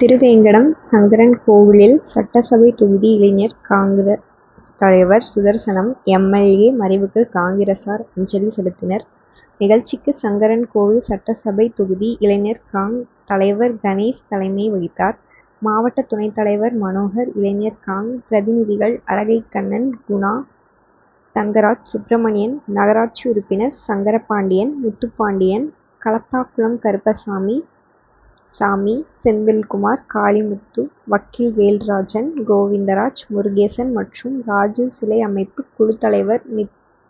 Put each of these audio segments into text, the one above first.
திருவேங்கடம் சங்கரன்கோவிலில் சட்டசபை தொகுதி இளைஞர் காங்.,தலைவர் சுதர்சனம் எம். எல். ஏ. மறைவுக்கு காங்கிரசார் அஞ்சலி செலுத்தினர். நிகழ்ச்சிக்கு சங்கரன்கோவில் சட்டசபை தொகுதி இளைஞர் காங்., தலைவர் கணேஷ் தலைமை வகித்தார். மாவட்ட துணைத் தலைவர் மனோகர், இளைஞர் காங்., பிரதிநிதிகள் அழகைகண்ணன், குணா, தங்கராஜ், சுப்பிரமணியன், நகராட்சி உறுப்பினர் சங்கரபாண்டியன், முத்துப்பாண்டியன், களப்பாகுளம் கருப்பசாமி, சாமி, செந்தில்குமார், காளிமுத்து, வக்கீல் வேல்ராஜன், கோவிந்தராஜ், முருகேசன் மற்றும் ராஜிவ் சிலை அமைப்பு குழு தலைவர்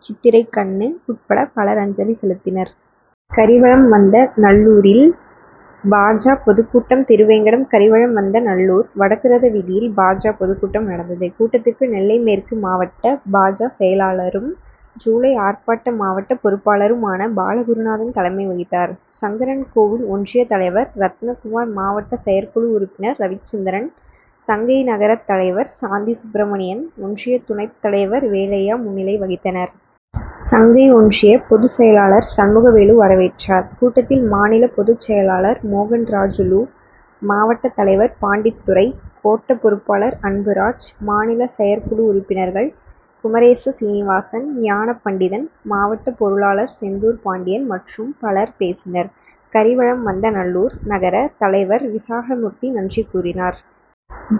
சித்திரைக்கண்ணு உட்பட பலர் அஞ்சலி செலுத்தினர். கரிவலம்வந்தநல்லூரில்பா. ஜ.,பொதுக்கூட்டம் திருவேங்கடம் கரிவலம்வந்தநல்லூர் வடக்குரத வீதியில் பா. ஜ.,பொதுக்கூட்டம் நடந்தது. கூட்டத்திற்கு நெல்லை மேற்கு மாவட்ட பா. ஜ.,செயலாளரும் ஜூலை ஆர்ப்பாட்ட மாவட்ட பொறுப்பாளருமான பாலகுருநாதன் தலைமை வகித்தார். சங்கரன்கோவில் ஒன்றிய தலைவர் ரத்னகுமார், மாவட்ட செயற்குழு உறுப்பினர் ரவிச்சந்திரன், சங்கை நகர தலைவர் சாந்தி சுப்பிரமணியன், ஒன்றிய துணைத் தலைவர் வேலையா முன்னிலை வகித்தனர். சங்கை ஒன்றிய பொது செயலாளர் சண்முகவேலு வரவேற்றார். கூட்டத்தில் மாநில பொது செயலாளர் மோகன்ராஜூலு, மாவட்ட தலைவர் பாண்டித்துரை, கோட்ட பொறுப்பாளர் அன்புராஜ், மாநில செயற்குழு உறுப்பினர்கள் குமரேச சீனிவாசன், ஞானபண்டிதன், மாவட்ட பொருளாளர் செந்தூர்பாண்டியன் மற்றும் பலர் பேசினர். கரிவலம்வந்தநல்லூர் நகர தலைவர் விசாகமூர்த்தி நன்றி கூறினார்.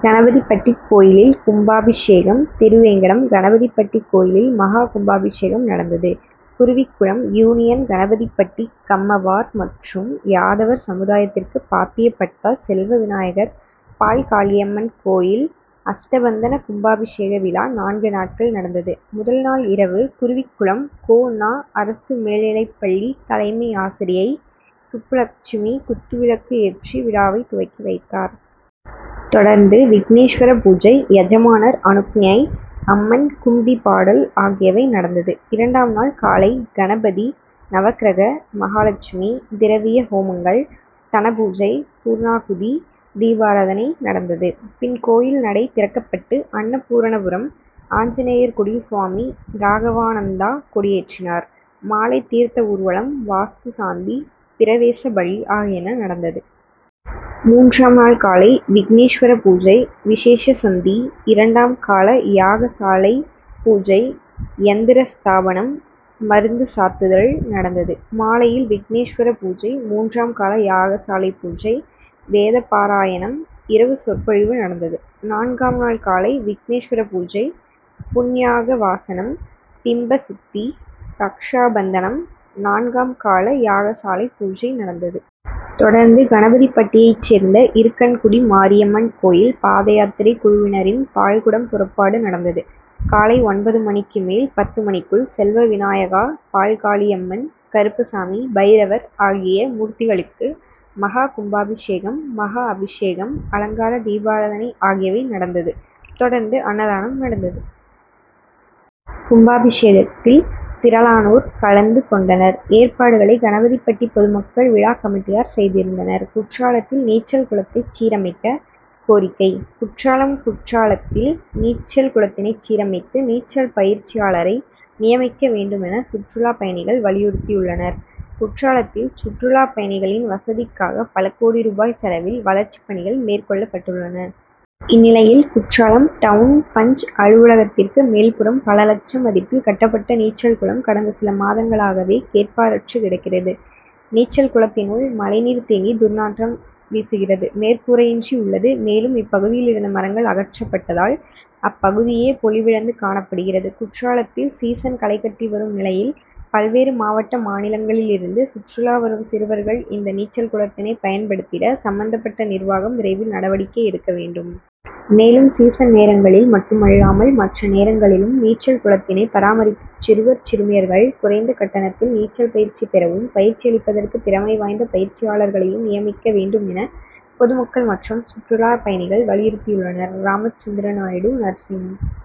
கணபதிபட்டி கோயிலில்கும்பாபிஷேகம் திருவேங்கடம் கணபதிபட்டி கோயிலில் மகா கும்பாபிஷேகம் நடந்தது. குருவிகுளம் யூனியன் கணபதிபட்டி கம்மவார் மற்றும் யாதவர் சமுதாயத்திற்கு பாத்தியப்பட்ட செல்வவிநாயர், பால்காளியம்மன் கோயில் அஷ்டபந்தன கும்பாபிஷேக விழா நான்கு நாட்கள் நடந்தது. முதல்நாள் இரவு குருவிகுளம் கோ. நா. அரசுமேல்நிலைப்பள்ளி தலைமை ஆசிரியை சுப்புலட்சுமி குத்துவிளக்கு ஏற்றி விழாவை துவக்கி வைத்தார். தொடர்ந்து விக்னேஸ்வர பூஜை, யஜமானர் அனுக்ஞை, அம்மன் கும்பிபாடல் ஆகியவை நடந்தது. இரண்டாம் நாள் காலை கணபதி, நவக்கிரக, மகாலெட்சுமி, திரவிய ஹோமங்கள், தனபூஜை, பூர்ணாகுதி, தீபாராதனை நடந்தது. பின் கோயில் நடை திறக்கப்பட்டு அன்னபூரணபுரம் ஆஞ்சநேயர் குடில் சுவாமி ராகவானந்தா கொடியேற்றினார். மாலை தீர்த்த ஊர்வலம், வாஸ்து சாந்தி, பிரவேசபலி ஆகியன நடந்தது. மூன்றாம் நாள் காலை விக்னேஸ்வர பூஜை, விசேஷசந்தி, இரண்டாம் கால யாகசாலை பூஜை, யந்திரஸ்தாபனம், மருந்து சாத்துதல் நடந்தது. மாலையில் விக்னேஸ்வர பூஜை, மூன்றாம் கால யாகசாலை பூஜை, வேதபாராயணம், இரவு சொற்பொழிவு நடந்தது. நான்காம் நாள் காலை விக்னேஸ்வர பூஜை, புண்யாகவாசனம், பிம்பசுத்தி, ரக்ஷாபந்தனம், நான்காம் கால யாகசாலை பூஜை நடந்தது. தொடர்ந்து கணபதிபட்டியை சேர்ந்த இருக்கன்குடி மாரியம்மன் கோயில் பாதயாத்திரை குழுவினரின் பால்குடம் புறப்பாடு நடந்தது. காலை ஒன்பது மணிக்கு மேல் பத்து மணிக்குள் செல்வவிநாயகா, பால்காளியம்மன், கருப்பசாமி, பைரவர் ஆகிய மூர்த்திகளுக்கு மகா கும்பாபிஷேகம், மகா அபிஷேகம், அலங்கார தீபாராதனை ஆகியவை நடந்தது. தொடர்ந்து அன்னதானம் நடந்தது. கும்பாபிஷேகத்தில் திரளானோர் கலந்து கொண்டனர். ஏற்பாடுகளை கணபதிபட்டி பொதுமக்கள், விழா கமிட்டியார் செய்திருந்தனர். குற்றாலத்தில் நீச்சல் குளத்தைசீரமைக்க கோரிக்கை குற்றாலம் குற்றாலத்தில் நீச்சல் குளத்தினை சீரமைத்து, நீச்சல் பயிற்சியாளரை நியமிக்க வேண்டுமென சுற்றுலா பயணிகள் வலியுறுத்தியுள்ளனர். குற்றாலத்தில் சுற்றுலா பயணிகளின் வசதிக்காக பல கோடி ரூபாய் செலவில் வளர்ச்சிப் பணிகள் மேற்கொள்ளப்பட்டுள்ளன. இந்நிலையில் குற்றாலம் டவுன் பஞ்., அலுவலகத்திற்கு மேல்புறம் பல லட்சம் மதிப்பில் கட்டப்பட்ட நீச்சல்குளம் கடந்த சில மாதங்களாகவே கேட்பாரற்று கிடக்கிறது. நீச்சல் குளத்தினுள் மழைநீர் தேங்கி துர்நாற்றம் வீசுகிறது. மேற்கூரையின்றி உள்ளது. மேலும் இப்பகுதியில் இருந்த மரங்கள் அகற்றப்பட்டதால் அப்பகுதியே பொலிவிழந்து காணப்படுகிறது. குற்றாலத்தில் சீசன் களைகட்டி வரும் நிலையில் பல்வேறு மாவட்ட, மாநிலங்களிலிருந்து சுற்றுலா வரும் சிறுவர்கள் இந்த நீச்சல் குளத்தினை பயன்படுத்திட சம்பந்தப்பட்ட நிர்வாகம் விரைவில் நடவடிக்கை எடுக்க வேண்டும். மேலும் சீசன் நேரங்களில் மட்டுமல்லாமல் மற்ற நேரங்களிலும் நீச்சல்குளத்தினை பராமரித்து சிறுவர், சிறுமியர்கள் குறைந்த கட்டணத்தில் நீச்சல் பயிற்சி பெறவும், பயிற்சியளிப்பதற்கு திறமை வாய்ந்த பயிற்சியாளர்களையும் நியமிக்க வேண்டும் என பொதுமக்கள் மற்றும் சுற்றுலா பயணிகள் வலியுறுத்தியுள்ளனர். ராமச்சந்திரன் நாயுடு நர்சிங்